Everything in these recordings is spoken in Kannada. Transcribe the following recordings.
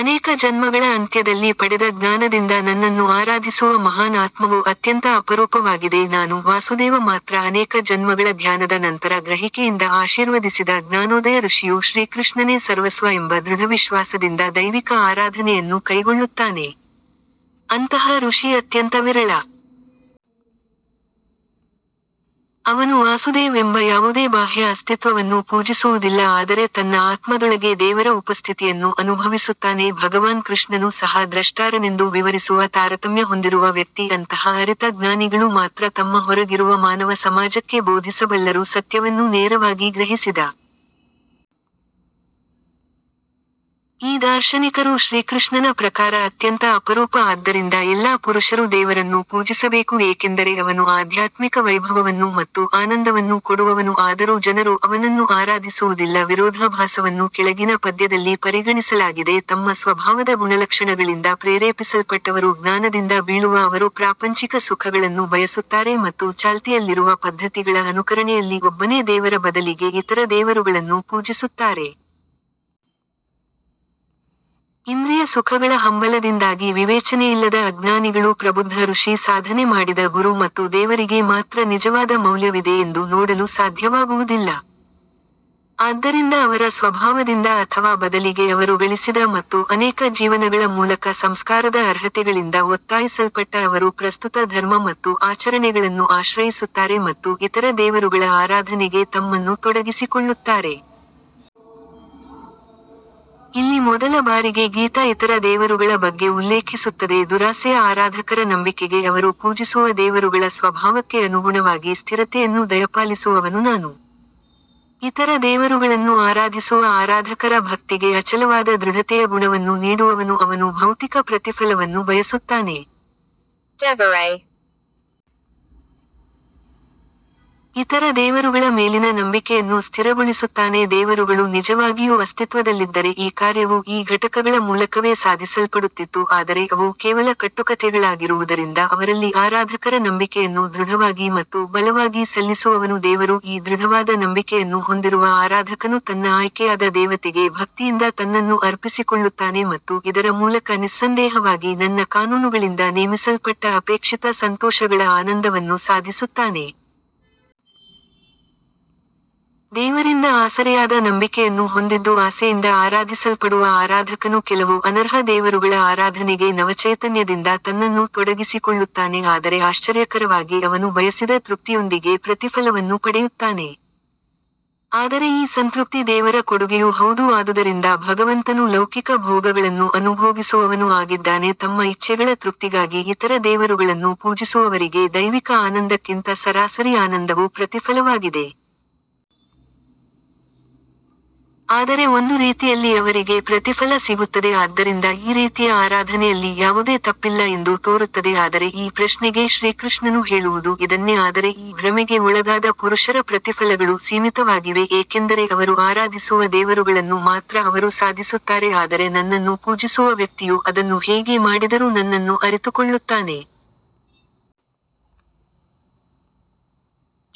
ಅನೇಕ ಜನ್ಮಗಳ ಅಂತ್ಯದಲ್ಲಿ ಪಡೆದ ಜ್ಞಾನದಿಂದ ನನ್ನನ್ನು ಆರಾಧಿಸುವ ಮಹಾನ್ ಆತ್ಮವು ಅತ್ಯಂತ ಅಪರೂಪವಾಗಿದೆ ನಾನು ವಾಸುದೇವ ಮಾತ್ರ ಅನೇಕ ಜನ್ಮಗಳ ಧ್ಯಾನದ ನಂತರ ಗ್ರಹಿಕೆಯಿಂದ ಆಶೀರ್ವದಿಸಿದ ಜ್ಞಾನೋದಯ ಋಷಿಯು ಶ್ರೀಕೃಷ್ಣನೇ ಸರ್ವಸ್ವ ಎಂಬ ದೃಢವಿಶ್ವಾಸದಿಂದ ದೈವಿಕ ಆರಾಧನೆಯನ್ನು ಕೈಗೊಳ್ಳುತ್ತಾನೆ. ಅಂತಹ ಋಷಿ ಅತ್ಯಂತ ವಿರಳ ಅವನು ವಾಸುದೇವ್ ಎಂಬ ಯಾವುದೇ ಬಾಹ್ಯ ಅಸ್ತಿತ್ವವನ್ನು ಪೂಜಿಸುವುದಿಲ್ಲ ಆದರೆ ತನ್ನ ಆತ್ಮದೊಳಗೆ ದೇವರ ಉಪಸ್ಥಿತಿಯನ್ನು ಅನುಭವಿಸುತ್ತಾನೆ ಭಗವಾನ್ ಕೃಷ್ಣನು ಸಹ ದ್ರಷ್ಟಾರನೆಂದು ವಿವರಿಸುವ ತಾರತಮ್ಯ ಹೊಂದಿರುವ ವ್ಯಕ್ತಿ ಅಂತಹ ಅರಿತ ಜ್ಞಾನಿಗಳು ಮಾತ್ರ ತಮ್ಮ ಹೊರಗಿರುವ ಮಾನವ ಸಮಾಜಕ್ಕೆ ಬೋಧಿಸಬಲ್ಲರು ಸತ್ಯವನ್ನು ನೇರವಾಗಿ ಗ್ರಹಿಸಿದ ಈ ದಾರ್ಶನಿಕರು ಶ್ರೀಕೃಷ್ಣನ ಪ್ರಕಾರ ಅತ್ಯಂತ ಅಪರೂಪ ಆದ್ದರಿಂದ ಎಲ್ಲಾ ಪುರುಷರು ದೇವರನ್ನು ಪೂಜಿಸಬೇಕು ಏಕೆಂದರೆ ಅವನು ಆಧ್ಯಾತ್ಮಿಕ ವೈಭವವನ್ನು ಮತ್ತು ಆನಂದವನ್ನು ಕೊಡುವವನು ಆದರೂ ಜನರು ಅವನನ್ನು ಆರಾಧಿಸುವುದಿಲ್ಲ ವಿರೋಧಾಭಾಸವನ್ನು ಕೆಳಗಿನ ಪದ್ಯದಲ್ಲಿ ಪರಿಗಣಿಸಲಾಗಿದೆ ತಮ್ಮ ಸ್ವಭಾವದ ಗುಣಲಕ್ಷಣಗಳಿಂದ ಪ್ರೇರೇಪಿಸಲ್ಪಟ್ಟವರು ಜ್ಞಾನದಿಂದ ಬೀಳುವ ಅವರು ಪ್ರಾಪಂಚಿಕ ಸುಖಗಳನ್ನು ಬಯಸುತ್ತಾರೆ ಮತ್ತು ಚಾಲ್ತಿಯಲ್ಲಿರುವ ಪದ್ಧತಿಗಳ ಅನುಕರಣೆಯಲ್ಲಿ ಒಬ್ಬನೇ ದೇವರ ಬದಲಿಗೆ ಇತರ ದೇವರುಗಳನ್ನು ಪೂಜಿಸುತ್ತಾರೆ. ಇಂದ್ರಿಯ ಸುಖಗಳ ಹಂಬಲದಿಂದಾಗಿ ವಿವೇಚನೆಯಿಲ್ಲದ ಅಜ್ಞಾನಿಗಳು ಪ್ರಬುದ್ಧ ಋಷಿ ಸಾಧನೆ ಮಾಡಿದ ಗುರು ಮತ್ತು ದೇವರಿಗೆ ಮಾತ್ರ ನಿಜವಾದ ಮೌಲ್ಯವಿದೆ ಎಂದು ನೋಡಲು ಸಾಧ್ಯವಾಗುವುದಿಲ್ಲ. ಆದ್ದರಿಂದ ಅವರ ಸ್ವಭಾವದಿಂದ ಅಥವಾ ಬದಲಿಗೆ ಅವರು ಗಳಿಸಿದ ಮತ್ತು ಅನೇಕ ಜೀವನಗಳ ಮೂಲಕ ಸಂಸ್ಕಾರದ ಅರ್ಹತೆಗಳಿಂದ ಒತ್ತಾಯಿಸಲ್ಪಟ್ಟ ಅವರು ಪ್ರಸ್ತುತ ಧರ್ಮ ಮತ್ತು ಆಚರಣೆಗಳನ್ನು ಆಶ್ರಯಿಸುತ್ತಾರೆ ಮತ್ತು ಇತರ ದೇವರುಗಳ ಆರಾಧನೆಗೆ ತಮ್ಮನ್ನು ತೊಡಗಿಸಿಕೊಳ್ಳುತ್ತಾರೆ. ಇಲ್ಲಿ ಮೊದಲ ಬಾರಿಗೆ ಗೀತಾ ಇತರ ದೇವರುಗಳ ಬಗ್ಗೆ ಉಲ್ಲೇಖಿಸುತ್ತದೆ ದುರಾಸೆಯ ಆರಾಧಕರ ನಂಬಿಕೆಗೆ ಅವರು ಪೂಜಿಸುವ ದೇವರುಗಳ ಸ್ವಭಾವಕ್ಕೆ ಅನುಗುಣವಾಗಿ ಸ್ಥಿರತೆಯನ್ನು ದಯಪಾಲಿಸುವವನು ನಾನು. ಇತರ ದೇವರುಗಳನ್ನು ಆರಾಧಿಸುವ ಆರಾಧಕರ ಭಕ್ತಿಗೆ ಅಚಲವಾದ ದೃಢತೆಯ ಗುಣವನ್ನು ನೀಡುವವನು ಅವನು ಭೌತಿಕ ಪ್ರತಿಫಲವನ್ನು ಬಯಸುತ್ತಾನೆ. ದೇವರೇ ಇತರ ದೇವರುಗಳ ಮೇಲಿನ ನಂಬಿಕೆಯನ್ನು ಸ್ಥಿರಗೊಳಿಸುತ್ತಾನೆ ದೇವರುಗಳು ನಿಜವಾಗಿಯೂ ಅಸ್ತಿತ್ವದಲ್ಲಿದ್ದರೆ ಈ ಕಾರ್ಯವು ಈ ಘಟಕಗಳ ಮೂಲಕವೇ ಸಾಧಿಸಲ್ಪಡುತ್ತಿತ್ತು ಆದರೆ ಅವು ಕೇವಲ ಕಟ್ಟುಕಥೆಗಳಾಗಿರುವುದರಿಂದ ಅವರಲ್ಲಿ ಆರಾಧಕರ ನಂಬಿಕೆಯನ್ನು ದೃಢವಾಗಿ ಮತ್ತು ಬಲವಾಗಿ ಸಲ್ಲಿಸುವವನು ದೇವರು ಈ ದೃಢವಾದ ನಂಬಿಕೆಯನ್ನು ಹೊಂದಿರುವ ಆರಾಧಕನು ತನ್ನ ಆಯ್ಕೆಯಾದ ದೇವತೆಗೆ ಭಕ್ತಿಯಿಂದ ತನ್ನನ್ನು ಅರ್ಪಿಸಿಕೊಳ್ಳುತ್ತಾನೆ ಮತ್ತು ಇದರ ಮೂಲಕ ನಿಸ್ಸಂದೇಹವಾಗಿ ನನ್ನ ಕಾನೂನುಗಳಿಂದ ನೇಮಿಸಲ್ಪಟ್ಟ ಅಪೇಕ್ಷಿತ ಸಂತೋಷಗಳ ಆನಂದವನ್ನು ಸಾಧಿಸುತ್ತಾನೆ. ದೇವರಿಂದ ಆಸರೆಯಾದ ನಂಬಿಕೆಯನ್ನು ಹೊಂದಿದ್ದು ಆಸೆಯಿಂದ ಆರಾಧಿಸಲ್ಪಡುವ ಆರಾಧಕನು ಕೆಲವು ಅನರ್ಹ ದೇವರುಗಳ ಆರಾಧನೆಗೆ ನವಚೈತನ್ಯದಿಂದ ತನ್ನನ್ನು ತೊಡಗಿಸಿಕೊಳ್ಳುತ್ತಾನೆ ಆದರೆ ಆಶ್ಚರ್ಯಕರವಾಗಿ ಅವನು ಬಯಸಿದ ತೃಪ್ತಿಯೊಂದಿಗೆ ಪ್ರತಿಫಲವನ್ನು ಪಡೆಯುತ್ತಾನೆ. ಆದರೆ ಈ ಸಂತೃಪ್ತಿ ದೇವರ ಕೊಡುಗೆಯೂ ಹೌದು ಆದುದರಿಂದ ಭಗವಂತನು ಲೌಕಿಕ ಭೋಗಗಳನ್ನು ಅನುಭೋಗಿಸುವವನೂ ಆಗಿದ್ದಾನೆ ತಮ್ಮ ಇಚ್ಛೆಗಳ ತೃಪ್ತಿಗಾಗಿ ಇತರ ದೇವರುಗಳನ್ನು ಪೂಜಿಸುವವರಿಗೆ ದೈವಿಕ ಆನಂದಕ್ಕಿಂತ ಸರಾಸರಿ ಆನಂದವು ಪ್ರತಿಫಲವಾಗಿದೆ. ಆದರೆ ಒಂದು ರೀತಿಯಲ್ಲಿ ಅವರಿಗೆ ಪ್ರತಿಫಲ ಸಿಗುತ್ತದೆ ಆದ್ದರಿಂದ ಈ ರೀತಿಯ ಆರಾಧನೆಯಲ್ಲಿ ಯಾವುದೇ ತಪ್ಪಿಲ್ಲ ಎಂದು ತೋರುತ್ತದೆ ಆದರೆ ಈ ಪ್ರಶ್ನೆಗೆ ಶ್ರೀಕೃಷ್ಣನು ಹೇಳುವುದು ಇದನ್ನೇ ಆದರೆ ಈ ಭ್ರಮೆಗೆ ಒಳಗಾದ ಪುರುಷರ ಪ್ರತಿಫಲಗಳು ಸೀಮಿತವಾಗಿವೆ ಏಕೆಂದರೆ ಅವರು ಆರಾಧಿಸುವ ದೇವರುಗಳನ್ನು ಮಾತ್ರ ಅವರು ಸಾಧಿಸುತ್ತಾರೆ ಆದರೆ ನನ್ನನ್ನು ಪೂಜಿಸುವ ವ್ಯಕ್ತಿಯು ಅದನ್ನು ಹೇಗೆ ಮಾಡಿದರೂ ನನ್ನನ್ನು ಅರಿತುಕೊಳ್ಳುತ್ತಾನೆ.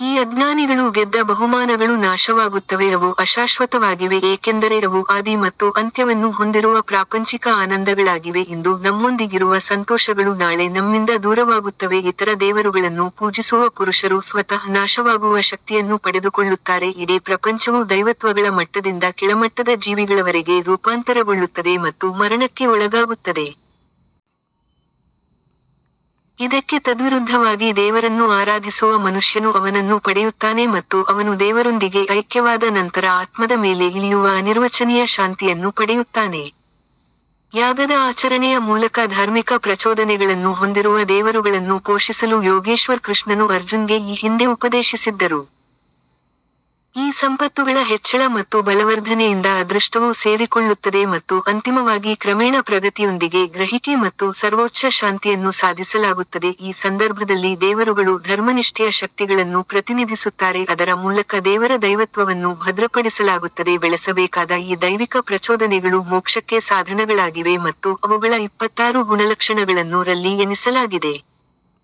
ಈ ಅಜ್ಞಾನಿಗಳು ಗೆದ್ದ ಬಹುಮಾನಗಳು ನಾಶವಾಗುತ್ತವೆ ಅವು ಅಶಾಶ್ವತವಾಗಿವೆ ಏಕೆಂದರೆ ಅವು ಆದಿ ಮತ್ತು ಅಂತ್ಯವನ್ನು ಹೊಂದಿರುವ ಪ್ರಾಪಂಚಿಕ ಆನಂದಗಳಾಗಿವೆ ಇಂದು ನಮ್ಮೊಂದಿಗಿರುವ ಸಂತೋಷಗಳು ನಾಳೆ ನಮ್ಮಿಂದ ದೂರವಾಗುತ್ತವೆ ಇತರ ದೇವರುಗಳನ್ನು ಪೂಜಿಸುವ ಪುರುಷರು ಸ್ವತಃ ನಾಶವಾಗುವ ಶಕ್ತಿಯನ್ನು ಪಡೆದುಕೊಳ್ಳುತ್ತಾರೆ ಇಡೀ ಪ್ರಪಂಚವು ದೈವತ್ವಗಳ ಮಟ್ಟದಿಂದ ಕೆಳಮಟ್ಟದ ಜೀವಿಗಳವರೆಗೆ ರೂಪಾಂತರಗೊಳ್ಳುತ್ತದೆ ಮತ್ತು ಮರಣಕ್ಕೆ ಒಳಗಾಗುತ್ತದೆ. ಇದಕ್ಕೆ ತದ್ವಿರುದ್ಧವಾಗಿ ದೇವರನ್ನು ಆರಾಧಿಸುವ ಮನುಷ್ಯನು ಅವನನ್ನು ಪಡೆಯುತ್ತಾನೆ ಮತ್ತು ಅವನು ದೇವರೊಂದಿಗೆ ಐಕ್ಯವಾದ ನಂತರ ಆತ್ಮದ ಮೇಲೆ ಇಳಿಯುವ ಅನಿರ್ವಚನೀಯ ಶಾಂತಿಯನ್ನು ಪಡೆಯುತ್ತಾನೆ. ಯಾಗದ ಆಚರಣೆಯ ಮೂಲಕ ಧಾರ್ಮಿಕ ಪ್ರಚೋದನೆಗಳನ್ನು ಹೊಂದಿರುವ ದೇವರುಗಳನ್ನು ಪೋಷಿಸಲು ಯೋಗೇಶ್ವರ್ ಕೃಷ್ಣನು ಅರ್ಜುನ್ಗೆ ಈ ಹಿಂದೆ ಉಪದೇಶಿಸಿದ್ದರು. ಈ ಸಂಪತ್ತುಗಳ ಹೆಚ್ಚಳ ಮತ್ತು ಬಲವರ್ಧನೆಯಿಂದ ಅದೃಷ್ಟವು ಸೇರಿಕೊಳ್ಳುತ್ತದೆ ಮತ್ತು ಅಂತಿಮವಾಗಿ ಕ್ರಮೇಣ ಪ್ರಗತಿಯೊಂದಿಗೆ ಗ್ರಹಿಕೆ ಮತ್ತು ಸರ್ವೋಚ್ಚ ಶಾಂತಿಯನ್ನು ಸಾಧಿಸಲಾಗುತ್ತದೆ ಈ ಸಂದರ್ಭದಲ್ಲಿ ದೇವರುಗಳು ಧರ್ಮನಿಷ್ಠೆಯ ಶಕ್ತಿಗಳನ್ನು ಪ್ರತಿನಿಧಿಸುತ್ತಾರೆ ಅದರ ಮೂಲಕ ದೇವರ ದೈವತ್ವವನ್ನು ಭದ್ರಪಡಿಸಲಾಗುತ್ತದೆ ಬೆಳೆಸಬೇಕಾದ ಈ ದೈವಿಕ ಪ್ರಚೋದನೆಗಳು ಮೋಕ್ಷಕ್ಕೆ ಸಾಧನಗಳಾಗಿವೆ ಮತ್ತು ಅವುಗಳ ಇಪ್ಪತ್ತಾರು ಗುಣಲಕ್ಷಣಗಳನ್ನು ರಲ್ಲಿ ಎಣಿಸಲಾಗಿದೆ.